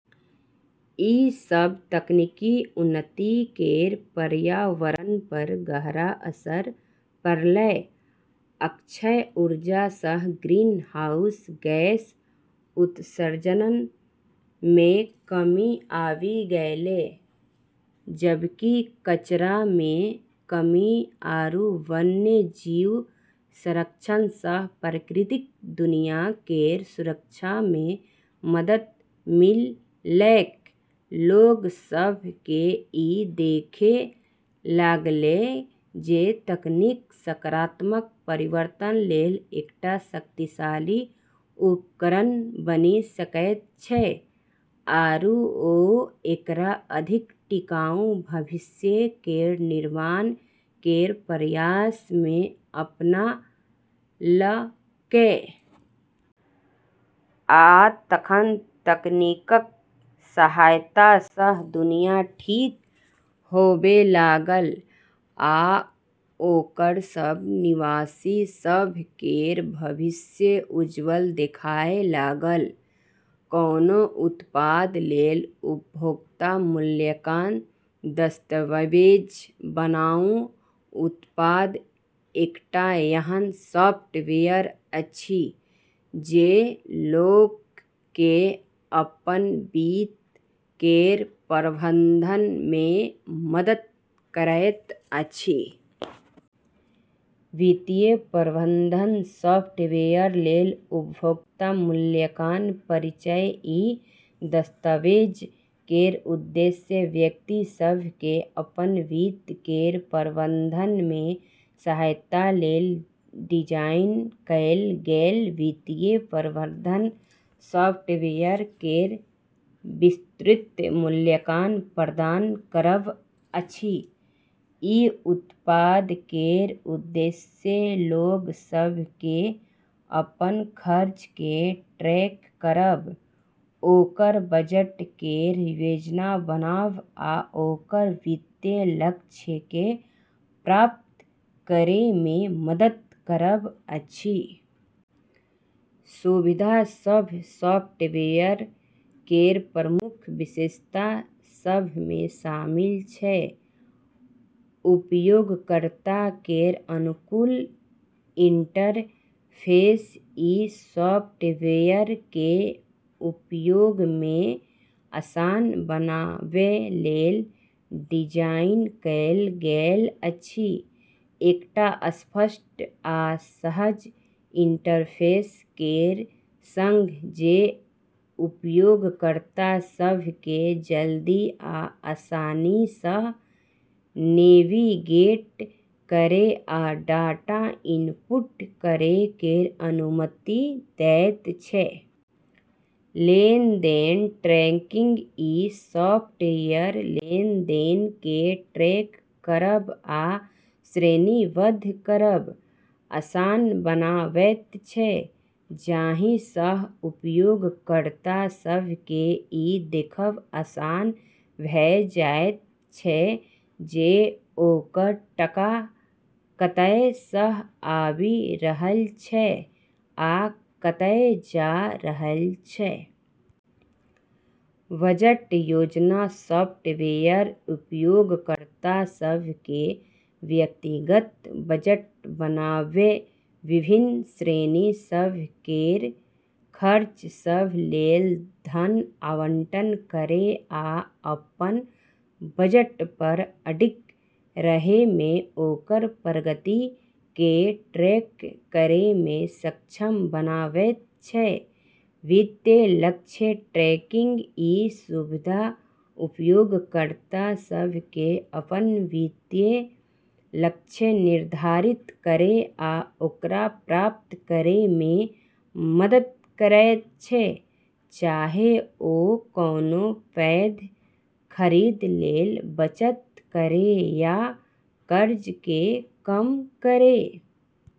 ई सब तकनीकी उन्नति केर पर्यावरणपर गहरा असर पड़लै। अक्षय ऊर्जासँ ग्रीनहाउस गैस उत्सर्जनमे कमी आबी गेलै, जबकि कचरामे कमी आरू वन्यजीव संरक्षणसँ प्राकृतिक दुनिया केर सुरक्षामे मदद मिललैक। लोग सभकेँ ई देखै लागलै जे तकनीक सकारात्मक परिवर्तन लेल एकटा शक्तिशाली उपकरण बनी सकैत छै, आरू ओ एकरा अधिक टिकाऊ भविष्य केर निर्माण केर प्रयासमे अपनालकै। आ तखन, तकनीकक सहायतासँ दुनिया ठीक होबै लागल, आ ओकर सब निवासी सभ केर भविष्य उज्ज्वल देखाय लागल। कोनो उत्पाद लेल उपभोक्ता मूल्यांकन दस्तावेज बनाऊ। उत्पाद एकटा एहन सॉफ्टवेयर अछि जे लोककेँ अपन वित्त केर प्रबंधनमे मदद करैत अछि। वित्तीय प्रबंधन सॉफ्टवेयर लेल उपभोक्ता मूल्यांकन परिचय: ई दस्तावेज केर उद्देश्य व्यक्ति सभकेँ अपन वित्त केर प्रबंधनमे सहायता लेल डिजाइन कएल गेल वित्तीय प्रबंधन सॉफ्टवेयर केर विस्तृत मूल्यांकन प्रदान करब अछि। ई उत्पाद केर उद्देश्य लोग सभकेँ अपन खर्चकेँ ट्रैक करब, ओकर बजट केर योजना बनाब, आ ओकर वित्तीय लक्ष्यकेँ प्राप्त करैमे मदद करब अछि। सुविधा सभ: सॉफ्टवेयर केर प्रमुख विशेषता सभमे शामिल छै: उपयोगकर्ता केर अनुकूल इंटरफेस: ई सॉफ्टवेयरकेँ उपयोगमे आसान बनाबै लेल डिजाइन कएल गेल अछि, एकटा स्पष्ट आ सहज इंटरफेस केर संग जे उपयोगकर्ता सभकेँ जल्दी आ आसानीसँ नेविगेट करै आ डाटा इनपुट करै केर अनुमति दैत छै। लेनदेन ट्रैकिंग: ई सॉफ्टवेयर लेनदेनकेँ ट्रैक करब आ श्रेणीबद्ध करब आसान बनाबैत छै, जाहिंसँ उपयोगकर्ता सभकेँ ई देखब आसान भऽ जाइत छै जे ओकर टका कतएसँ आबि रहल छै आ कतए जा रहल छै। बजट योजना: सॉफ्टवेयर उपयोगकर्ता सभकेँ व्यक्तिगत बजट बनाबै, विभिन्न श्रेणी सभ केर खर्च सभ लेल धन आवंटन करै, आ अपन बजटपर अडिग रहैमे ओकर प्रगति केँ ट्रैक करैमे सक्षम बनाबैत छै। वित्तीय लक्ष्य ट्रैकिंग: ई सुविधा उपयोगकर्ता सभकेँ अपन वित्तीय लक्ष्य निर्धारित करै आ ओकरा प्राप्त करैमे मदद करैत छै, चाहे ओ कोनो पैघ खरीद लेल बचत करै या कर्जकेँ कम करै।